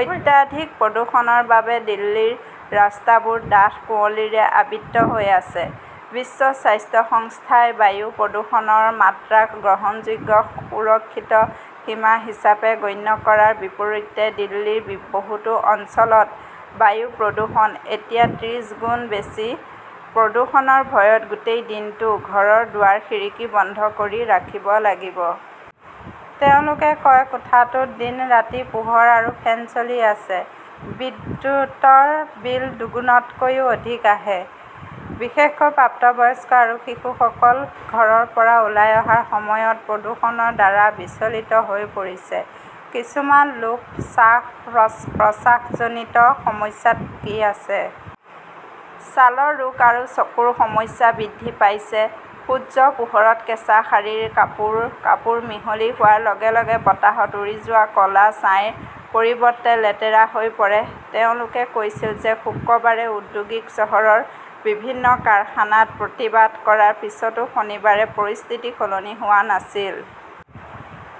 অত্যাধিক প্ৰদূষণৰ বাবে দিল্লীৰ ৰাস্তাবোৰ ডাঠ কুঁৱলীৰে আবৃত হৈ আছে। বিশ্ব স্বাস্থ্য সংস্থাই বায়ু প্ৰদূষণৰ মাত্ৰাক গ্ৰহণযোগ্য সুৰক্ষিত সীমা হিচাপে গণ্য কৰাৰ বিপৰীতে দিল্লীৰ বহুতো অঞ্চলত বায়ু প্ৰদূষণ এতিয়া ত্ৰিশগুণ বেছি। প্ৰদূষণৰ ভয়ত গোটেই দিনটো ঘৰৰ দুৱাৰ-খিৰিকী বন্ধ কৰি ৰাখিব লাগিব। তেওঁলোকে কয়, কোঠাটোত দিন-ৰাতি পোহৰ আৰু ফেন চলি আছে। বিদ্যুৎৰ বিল দুগুণতকৈও অধিক আহে। বিশেষকৈ প্ৰাপ্তবয়স্ক আৰু শিশুসকল ঘৰৰ পৰা ওলাই অহাৰ সময়ত প্ৰদূষণৰ দ্বাৰা বিচলিত হৈ পৰিছে। কিছুমান লোক শ্বাস-প্ৰশ্বাসজনিত সমস্যাত ভুগি আছে। ছালৰ ৰোগ আৰু চকুৰ সমস্যা বৃদ্ধি পাইছে। সূৰ্যৰ পোহৰত কেঁচা শাৰী, কাপোৰ-কাপোৰ মিহলি হোৱাৰ লগে-লগে বতাহত উৰি যোৱা ক'লা ছাইৰ পৰিৱৰ্তে লেতেৰা হৈ পৰে। তেওঁলোকে কৈছিল যে শুক্ৰবাৰে ঔদ্যোগিক চহৰৰ বিভিন্ন কাৰখানাত প্ৰতিবাদ কৰাৰ পিছতো শনিবাৰে পৰিস্থিতি সলনি হোৱা নাছিল।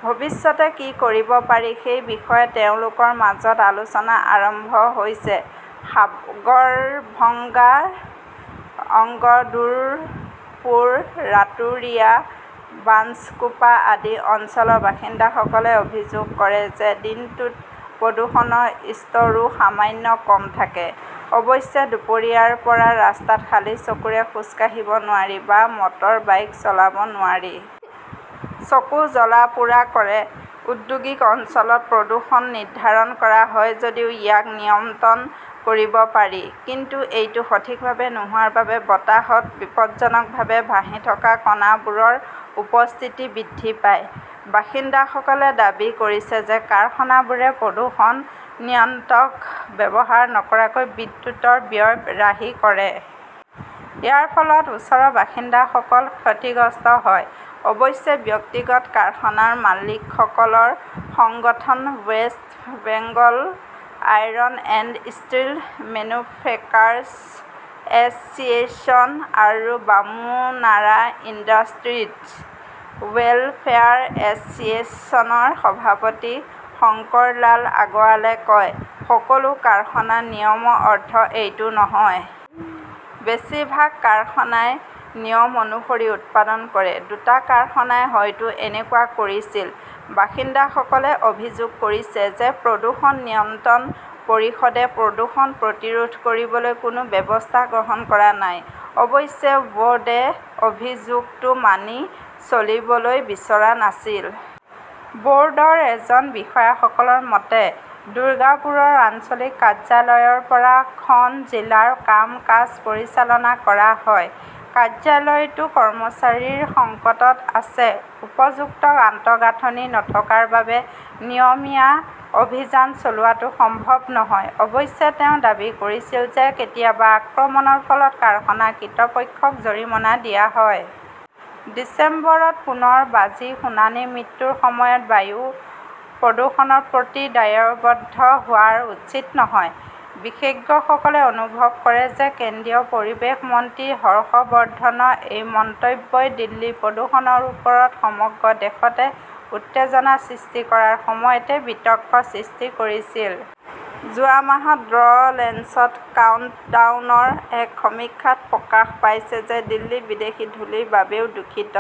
ভৱিষ্যতে কি কৰিব পাৰি সেই বিষয়ে তেওঁলোকৰ মাজত আলোচনা আৰম্ভ হৈছে। সাগৰভঙ্গা, অঙ্গদুৰপুৰ, ৰাতুৰিয়া, বাঞ্চকোপা আদি অঞ্চলৰ বাসিন্দাসকলে অভিযোগ কৰে যে দিনটোত প্ৰদূষণৰ স্তৰও সামান্য কম থাকে। অৱশ্যে, দুপৰীয়াৰ পৰা ৰাস্তাত খালী চকুৰে খোজ কাঢ়িব নোৱাৰি বা মটৰবাইক চলাব নোৱাৰি। চকু জ্বলা-পোৰা কৰে। ঔদ্যোগিক অঞ্চলত প্ৰদূষণ নিৰ্ধাৰণ কৰা হয় যদিও ইয়াক নিয়ন্ত্ৰণ কৰিব পাৰি। কিন্তু এইটো সঠিকভাৱে নোহোৱাৰ বাবে বতাহত বিপদজনকভাৱে ভাহি থকা কণাবোৰৰ উপস্থিতি বৃদ্ধি পায়। বাসিন্দাসকলে দাবী কৰিছে যে কাৰখানাবোৰে প্ৰদূষণ নিয়ন্ত্ৰক ব্যৱহাৰ নকৰাকৈ বিদ্যুৎৰ ব্যয় ৰাহি কৰে। ইয়াৰ ফলত ওচৰৰ বাসিন্দাসকল ক্ষতিগ্ৰস্ত হয়। অৱশ্যে, ব্যক্তিগত কাৰখানাৰ মালিকসকলৰ সংগঠন west Bengal iron and steel manufacturers S চিয়েশ্যন আৰু বামুনাৰা ইণ্ডাষ্ট্ৰীজ ৱেলফেয়াৰ এছ চিয়েশ্যনৰ সভাপতি শংকৰলাল আগৰৱালে কয়, সকলো কাৰখানাৰ নিয়মৰ অৰ্থ এইটো নহয়। বেছিভাগ কাৰখানাই নিয়ম অনুসৰি উৎপাদন কৰে। দুটা কাৰখানাই হয়তো এনেকুৱা কৰিছিল। বাসিন্দাসকলে অভিযোগ কৰিছে যে প্ৰদূষণ নিয়ন্ত্ৰণ পৰিষদে প্ৰদূষণ প্ৰতিৰোধ কৰিবলৈ কোনো ব্যৱস্থা গ্ৰহণ কৰা নাই। অৱশ্যে বৰ্ডে অভিযোগটো মানি চলিবলৈ বিচৰা নাছিল। বৰ্ডৰ এজন বিষয়াসকলৰ মতে, দুৰ্গাপুৰৰ আঞ্চলিক কাৰ্যালয়ৰ পৰা খন জিলাৰ কাম-কাজ পৰিচালনা কৰা হয়। কাৰ্যালয়টো কৰ্মচাৰীৰ সংকটত আছে। উপযুক্ত আন্তঃগাঁথনি নথকাৰ বাবে নিয়মীয়া অভিযান চলোৱাটো সম্ভৱ নহয়। অৱশ্যে, তেওঁ দাবী কৰিছিল যে কেতিয়াবা আক্ৰমণৰ ফলত কাৰখানাৰ কৰ্তৃপক্ষক জৰিমনা দিয়া হয়। ডিচেম্বৰত পুনৰ বাজিৰ শুনানি মৃত্যুৰ সময়ত বায়ু প্ৰদূষণৰ প্ৰতি দায়বদ্ধ হোৱা উচিত নহয়। বিশেষজ্ঞসকলে অনুভৱ কৰে যে কেন্দ্ৰীয় পৰিৱেশ মন্ত্ৰী হৰ্ষ বৰ্ধনৰ এই মন্তব্যই দিল্লীৰ প্ৰদূষণৰ ওপৰত সমগ্ৰ দেশতে উত্তেজনাৰ সৃষ্টি কৰাৰ সময়তে বিতৰ্কৰ সৃষ্টি কৰিছিল। ।যোৱা মাহত দ্য লেঞ্চেট কাউণ্টডাউনৰ এক সমীক্ষাত প্ৰকাশ পাইছে যে দিল্লী বিদেশী ধূলিৰ বাবেও দূষিত।